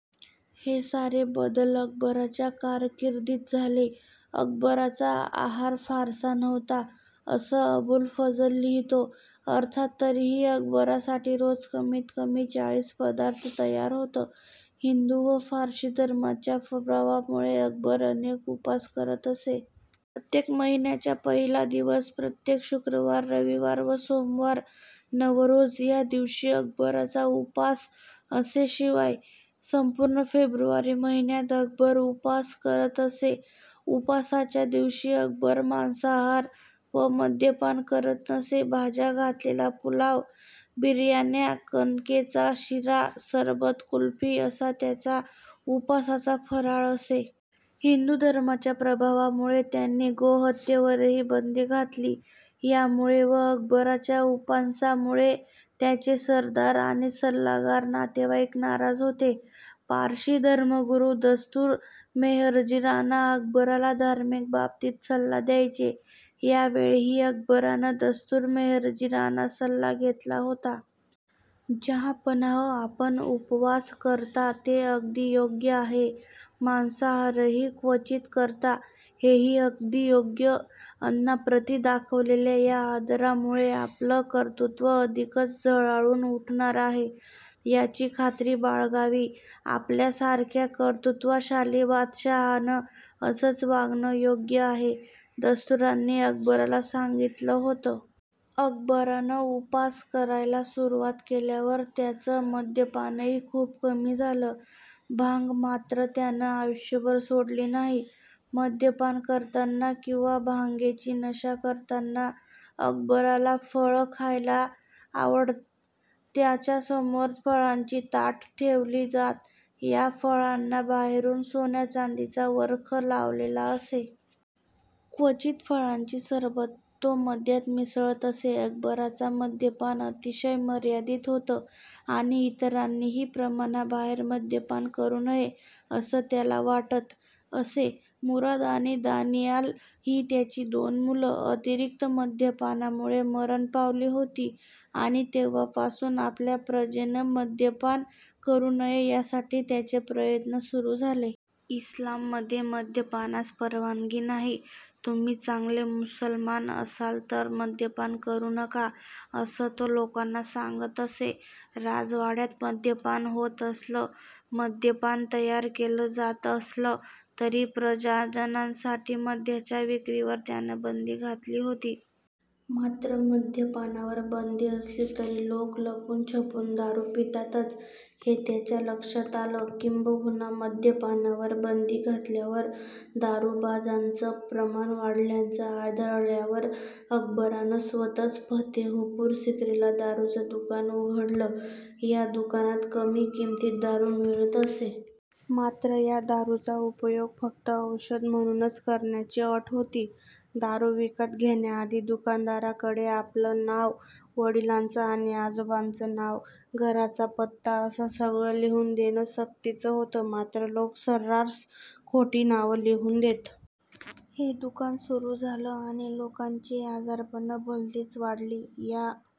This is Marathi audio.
हे सारे बदल अकबराच्या कारकिर्दीत झाले. अकबराचा आहार फारसा नव्हता, असं अबुल फझल लिहितो. अर्थात तरीही अकबरासाठी रोज कमीत कमीत चाळीस पदार्थ तयार होत. हिंदू व पारशी धर्माच्या प्रभावामुळे अकबर अनेक उपास करत असे. प्रत्येक महिन्याचा पहिला दिवस, प्रत्येक शुक्रवार, रविवार व सोमवार, नवरोझ या दिवशी अकबराचा उपास असे. शिवाय संपूर्ण फेब्रुवारी महिन्यात अकबर उपास करत असे. उपासाच्या दिवशी अकबर मांसाहार व मद्यपान करत नसे. भाज्या घातलेला पुलाव, बिर्याण्या, कणकेचा शिरा, सरबतं, कुल्फी असा त्याचा उपासाचा फराळ असे. हिंदू धर्माच्या प्रभावामुळे त्यानं गोहत्येवरही बंदी घातली. यामुळे व अकबराच्या उपासांमुळे त्याचे सरदार आणि सल्लागार, नातेवाईक नाराज होते. पारशी धर्मगुरू दस्तुर मेहरजी राणा अकबराला धार्मिक बाबतींत सल्ला द्यायचे. यावेळीही अकबरानं दस्तुर मेहरजी राणांचा सल्ला घेतला होता. "जहाँपनाह, आपण उपवास करता ते अगदी योग्य आहे. मांसाहारही क्वचित करता, हेही अगदी योग्य. अन्नाप्रती दाखवलेल्या या आदरामुळे आपलं कर्तृत्व अधिकच झळाळून उठणार आहे, याची खात्री बाळगावी. आपल्यासारख्या कर्तृत्वशाली बादशाहानं असंच वागणं योग्य आहे", दस्तुरांनी अकबराला सांगितलं होतं. अकबरानं उपास करायला सुरुवात केल्यावर त्याचं मद्यपानही खूप कमी झालं. भांग मात्र त्यानं आयुष्यभर सोडली नाही. मद्यपान करताना किंवा भांगेची नशा करताना अकबराला फळं खायला आवडत. त्याच्यासमोर फळांची ताटं ठेवली जात. या फळांना बाहेरून सोन्याचांदीचा वर्ख लावलेला असे. क्वचित फळांची सरबतं तो मद्यात मिसळत असे. अकबराचं मद्यपान अतिशय मर्यादित होतं, आणि इतरांनीही प्रमाणाबाहेर मद्यपान करू नये, असं त्याला वाटत असे. मुराद आणि दानिआल ही त्याची दोन मुलं अतिरिक्त मद्यपानामुळे मरण पावली होती, आणि तेव्हापासून आपल्या प्रजेनं मद्यपान करू नये, यासाठी त्याचे प्रयत्न सुरू झाले. इस्लाममध्ये मद्यपानास परवानगी नाही, तुम्ही चांगले मुसलमान असाल, तर मद्यपान करू नका, असं तो लोकांना सांगत असे. राजवाड्यात मद्यपान होत असलं, मद्य तयार केलं जात असलं तरी प्रजाजनांसाठी मद्याच्या विक्रीवर त्यानं बंदी घातली होती. मात्र मद्यपानावर बंदी असली तरी लोक लपूनछपून दारू पितातच, हे त्याच्या लक्षात आलं. किंबहुना मद्यपानावर बंदी घातल्यावर दारुबाजांचं प्रमाण वाढल्याचं आढळल्यावर अकबरानं स्वत:च फतेहपूर सिक्रीला दारूचं दुकान उघडलं. या दुकानात कमी किमतीत दारू मिळत असे. मात्र या दारूचा उपयोग फक्त औषध म्हणूनच करण्याची अट होती. दारू विकत घेण्याआधी दुकानदाराकडे आपलं नाव, वडिलांचं आणि आजोबांचं नाव, घराचा पत्ता असं सगळं लिहून देणं सक्तीचं होतं. मात्र लोक सर्रास खोटी नावं लिहून देत. हे दुकान सुरू झालं आणि लोकांची आजारपणं भलतीच वाढली. या